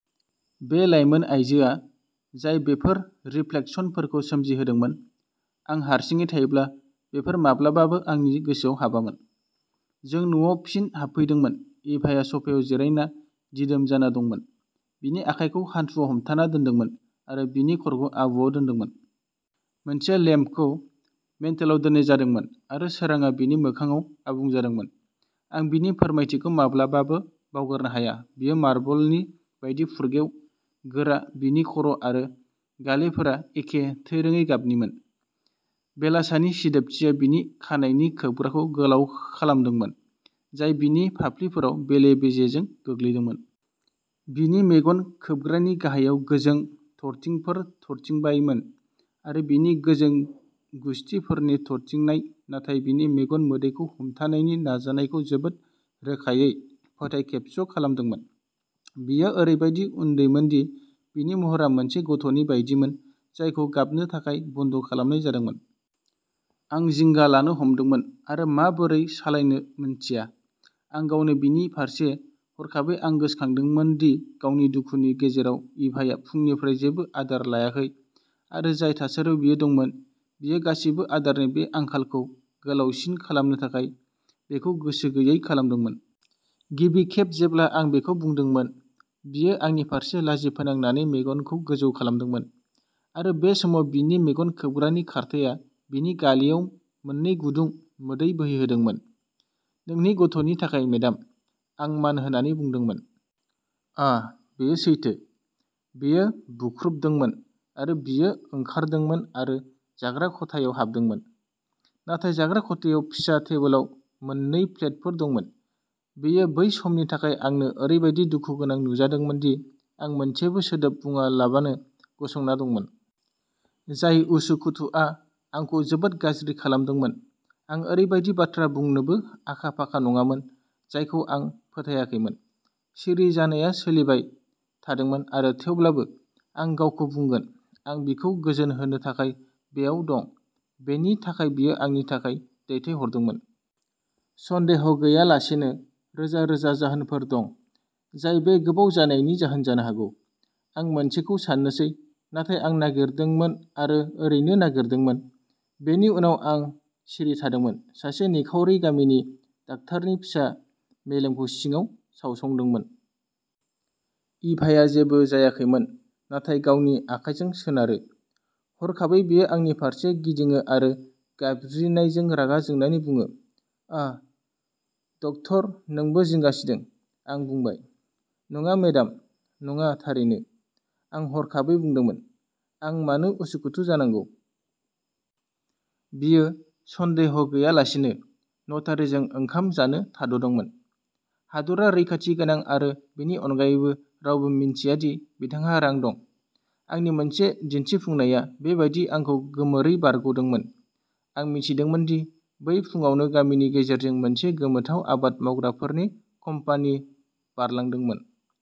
बे लाइमोन आइजोआ जाय बेफोर रिफ्लेकसनफोरखौ सोमजिहोदोंमोन, आं हारसिङै थायोब्ला बेफोर माब्लाबाबो आंनि गोसोआव हाबामोन। जों न'आव फिन हाबफैदोंमोन। इभाया सफायाव जिरायना दिदोम जाना दंमोन, बिनि आखाइखौ हान्थुआव हमथाना दोनदोंमोन आरो बिनि खर'खौ आबुआव दोन्दोंमोन। मोनसे लेम्पखौ मेन्टोलाव दोननाय जादोंमोन आरो सोरांआ बिनि मोखांआव आबुं जादोंमोन। आं बिनि फोरमायथिखौ माब्लाबाबो बावगारनो हाया बियो मार्बलनि बायदि फुरगेव गोरा बिनि खर' आरो गालेफोरा एखे थैरोङै गाबनिमोन, बेलासानि सिदोबथिया बिनि खानाइनि खोबग्राखौ गोलाव खालामदोंमोन, जाय बिनि फाफ्लिफोराव बेले-बेजेजों गोग्लैदोंमोन। बिनि मेगन-खोबग्रानि गाहायाव गोजों थरथिंफोर थरथिंबायमोन आरो बिनि गोजों गुसथिफोरनि थरथिंनाय नाथाय बिनि मेगन मोदैखौ हमथानायनि नाजानायखौ जोबोद रोखायै फोथायखेबस' खालामदोंमोन। बियो ओरैबायदि उन्दैमोनदि बिनि महरा मोनसे गथ'नि बायदिमोन जायखौ गाबनो थाखाय बन्द' खालामनाय जादोंमोन। आं जिंगा लानो हमदोंमोन आरो माबोरै सालायनो मोनथिया। आं गावनो बिनि फारसे हरखाबै आं गोसोखांदोंमोन दि गावनि दुखुनि गेजेराव इभाया फुंनिफ्राय जेबो आदार लायाखै आरो जाय थासारियाव बियो दंमोन, बियो गासैबो आदारनि बे आंखालखौ गोलावसिन खालामनो थाखाय बेखौ गोसो गैयै खालामदोंमोन। गिबि खेब जेब्ला आं बेखौ बुंदोंमोन, बियो आंनि फारसे लाजिफोनांनानै मेगनखौ गोजौ खालामदोंमोन आरो बे समाव बिनि मेगन-खोबग्रानि खारथाया बिनि गालेआव मोननै गुदुं मोदै बोहैहोदोंमोन "नोंनि गथ'नि थाखाय, मेडाम", आं मान होनानै बुंदोंमोन। "आह बेयो सैथो" बियो बुख्रुबदोंमोन आरो बियो ओंखारदोंमोन आरो जाग्रा खथायाव हाबदोंमोन। नाथाय जाग्रा खथायाव फिसा टेबोलाव मोननै प्लेटफोर दंमोन, बेयो बै समनि थाखाय आंनो ओरैबादि दुखुगोनां नुजादोंमोनदि आं मोनसेबो सोदोब बुंआलाबानो गसंना दंमोन। जाय उसुखुथुआ आंखौ जोबोद गाज्रि खालामदोंमोन। आं ओरैबायदि बाथ्रा बुंनोबो आखा-फाखा नङामोन जायखौ आं फोथायाखैमोन। सिरि जानाया सोलिबाय थादोंमोन आरो थेवब्लाबो, आं गावखौ बुंगोन, आं बिखौ गोजोन होनो थाखाय बेयाव दं बेनि थाखाय बियो आंनि थाखाय दैथायहरदोंमोन। सन्देह गैयालासेनो, रोजा-रोजा जाहोनफोर दं जाय बे गोबाव जानायनि जाहोन जानो हागौ, आं मोनसेखौ सान्नोसै नाथाय आं नागिरदोंमोन आरो ओरैनो नागिरदोंमोन। बेनि उनाव आं सिरि थादोंमोन, सासे निखावरि गामिनि डाक्टारनि फिसा मेलेमखौ सिङाव सावसंदोंमोन। इभाया जेबो जायाखैमोन, नाथाय गावनि आखाइजों सोनारो। हरखाबै बियो आंनि फारसे गिदिङो आरो गाबज्रिनायजों रागा जोंनानै बुङो "आह, डक्ट'र नोंबो जिंगासिदों, आं बुंबाय- "नङा, मेडाम, नङा, थारैनो", आं हरखाबै बुंदोंमोन, "आं मानो उसुखुथु जानांगौ? बियो, सन्देह गैयालासेनो, नटारिजों ओंखाम जानो थाद'दोंमोन। हादरा रैखाथि गोनां आरो बेनि अनगायैबो रावबो मिन्थिया दि बिथांहा रां दं।" आंनि मोनसे दिन्थिफुंनाया बेबायदि आंखौ गोमोरै बारग'दोंमोन। आं मिथिदोंमोन दि बै फुंआवनो गामिनि गेजेरजों मोनसे गोमोथाव आबाद मावग्राफोरनि कम्पानी बारलांदोंमोन।